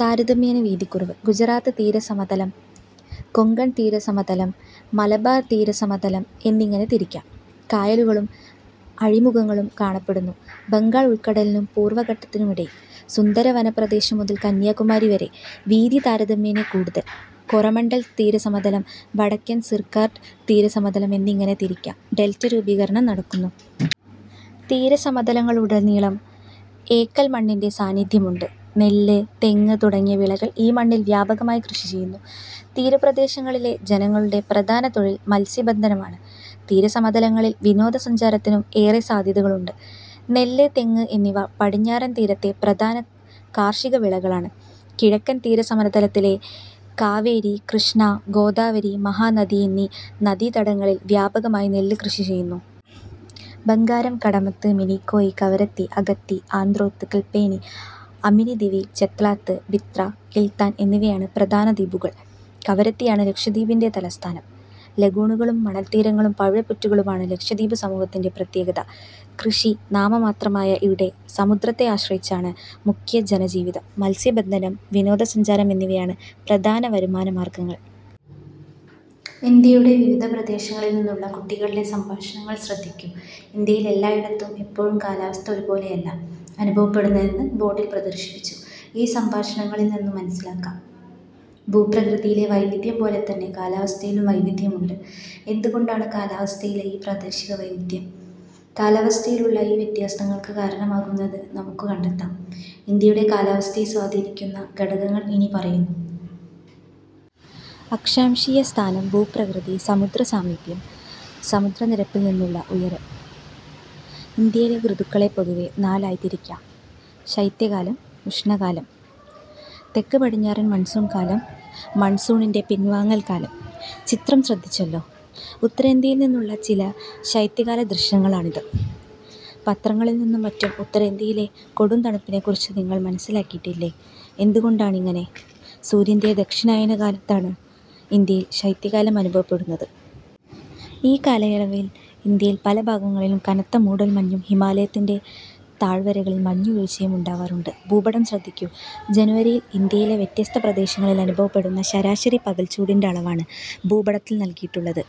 താരതമ്യേന വീതി കുറവ്. ഗുജറാത്ത് തീരസമതലം, കൊങ്കൺ തീരസമതലം, മലബാർ തീരസമതലം എന്നിങ്ങനെ തിരിക്കാം. കായലുകളും അഴിമുഖങ്ങളും കാണപ്പെടുന്നു. ബംഗാൾ ഉൾക്കടലിനും പൂർവഘട്ടത്തിനുമിടയിൽ. സുന്ദരവനപ്രദേശം മുതൽ കന്യാകുമാരി വരെ. വീതി താരതമ്യേന കൂടുതൽ. കോറമണ്ഡൽ തീരസമതലം, വടക്കൻ സിർകാർസ് തീരസമതലം എന്നിങ്ങനെ തിരിക്കാം. ഡെൽറ്റ രൂപീകരണം നടക്കുന്നു. തീരസമതലങ്ങളിലുടനീളം എക്കൽ മണ്ണിന്റെ സാന്നിധ്യമുണ്ട്. നെല്ല്, തെങ്ങ് തുടങ്ങിയ വിളകൾ ഈ മണ്ണിൽ വ്യാപകമായി കൃഷിചെയ്യുന്നു. തീരപ്രദേശങ്ങളിലെ ജനങ്ങളുടെ പ്രധാന തൊഴിൽ മത്സ്യബന്ധനമാണ്. തീരസമതലങ്ങളിൽ വിനോദസഞ്ചാരത്തിനും ഏറെ സാധ്യതകളുണ്ട്. നെല്ല്, തെങ്ങ് എന്നിവ പടിഞ്ഞാറൻ തീരത്തെ പ്രധാന കാർഷികവിളകളാണ്. കിഴക്കൻ തീരസമതലത്തിലെ കാവേരി, കൃഷ്ണ, ഗോദാവരി, മഹാനദി എന്നീ നദീതടങ്ങളിൽ വ്യാപകമായി നെല്ല് കൃഷിചെയ്യുന്നു. ബംഗാരം, കടമത്ത്, മിനിക്കോയ്, കവരത്തി, അഗത്തി, ആന്ത്രോത്ത്, കല്പേനി, അമിനി ദിവി, ചെത്ലാത്ത്, ബിത്ര, കിൽത്താൻ എന്നിവയാണ് പ്രധാന ദ്വീപുകൾ. കവരത്തിയാണ് ലക്ഷദ്വീപിന്റെ തലസ്ഥാനം. ലഗൂണുകളും മണൽത്തീരങ്ങളും പവിഴപ്പുറ്റുകളുമാണ് ലക്ഷദ്വീപസമൂഹത്തിന്റെ പ്രത്യേകത. കൃഷി നാമമാത്രമായ ഇവിടെ സമുദ്രത്തെ ആശ്രയിച്ചാണ് മുഖ്യ ജനജീവിതം. മത്സ്യബന്ധനം, വിനോദ സഞ്ചാരം എന്നിവയാണ് പ്രധാന വരുമാനമാർങ്ങൾ. ഇന്ത്യയുടെ വിവിധ പ്രദേശങ്ങളിൽ നിന്നുള്ള കുട്ടികളുടെ സംഭാഷണങ്ങൾ ശ്രദ്ധിക്കൂ. ഇന്ത്യയിൽ എല്ലായിടത്തും എപ്പോഴും കാലാവസ്ഥ ഒരുപോലെയല്ല അനുഭവപ്പെടുന്നതെന്ന് ബോർഡിൽ പ്രദർശിപ്പിച്ചു. ഈ സംഭാഷണങ്ങളിൽനിന്നു മനസ്സിലാക്കാം. ഭൂപ്രകൃതിയിലെ വൈവിധ്യം പോലെത്തന്നെ കാലാവസ്ഥയിലും വൈവിധ്യമുണ്ട്. എന്തുകൊണ്ടാണ് കാലാവസ്ഥയിലെ ഈ പ്രാദേശികവൈവിധ്യം? കാലാവസ്ഥയിലുള്ള ഈ വ്യത്യാസങ്ങൾക്ക്കാരണമാകുന്നത്? നമുക്ക് കണ്ടെത്താം. ഇന്ത്യയുടെ കാലാവസ്ഥയെ സ്വാധീനിക്കുന്ന ഘടകങ്ങൾ ഇനിപ്പറയുന്നു. അക്ഷാംശീയസ്ഥാനം. ഭൂപ്രകൃതി. സമുദ്രസാമീപ്യം. സമുദ്രനിരപ്പിൽനിന്നുള്ള ഉയരം. ഇന്ത്യയിലെ ഋതുക്കളെ പൊതുവെ നാലായി തിരിക്കാം. ശൈത്യകാലം, ഉഷ്ണകാലം. തെക്ക്-പടിഞ്ഞാറൻ മൺസൂൺ കാലം മൺസൂണിന്റെ പിൻവാങ്ങൽ കാലം. ചിത്രം ശ്രദ്ധിച്ചല്ലോ. ഉത്തരേന്ത്യയിൽനിന്നുള്ള ചില ശൈത്യകാല ദൃശ്യങ്ങളാണിത്. പത്രങ്ങളിൽനിന്നും മറ്റും ഉത്തരേന്ത്യയിലെ കൊടും തണുപ്പിനെക്കുറിച്ച് നിങ്ങൾ മനസ്സിലാക്കിയിട്ടില്ലേ. എന്തുകൊണ്ടാണിങ്ങനെ? സൂര്യന്റെ ദക്ഷിണായന കാലത്താണ് ഇന്ത്യയിൽ ശൈത്യകാലം അനുഭവപ്പെടുന്നത്. ഈ കാലയളവിൽ ഇന്ത്യയിൽ പലഭാഗങ്ങളിലും കനത്ത മൂടൽമഞ്ഞും ഹിമാലയത്തിന്റെ താഴ്വരകളിൽ മഞ്ഞു വീഴ്ചയും ഉണ്ടാവാറുണ്ട്. ഭൂപടം ശ്രദ്ധിക്കൂ. ജനുവരിയിൽ ഇന്ത്യയിലെ വ്യത്യസ്ത പ്രദേശങ്ങളിൽ അനുഭവപ്പെടുന്ന ശരാശരി പകൽച്ചൂടിന്റെ അളവാണ് ഭൂപടത്തിൽ നൽകിയിട്ടുള്ളത്.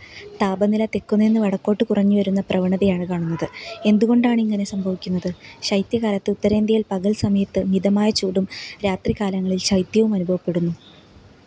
താപനില തെക്കുനിന്ന് വടക്കോട്ട് കുറഞ്ഞുവരുന്ന പ്രവണതയാണ് കാണുന്നത്. എന്തുകൊണ്ടാണിങ്ങനെ സംഭവിക്കുന്നത്? ശൈത്യകാലത്ത് ഉത്തരേന്ത്യയിൽ പകൽസമയത്ത് മിതമായ ചൂടും രാത്രി കാലങ്ങളിൽ ശൈത്യവും അനുഭവപ്പെടുന്നു.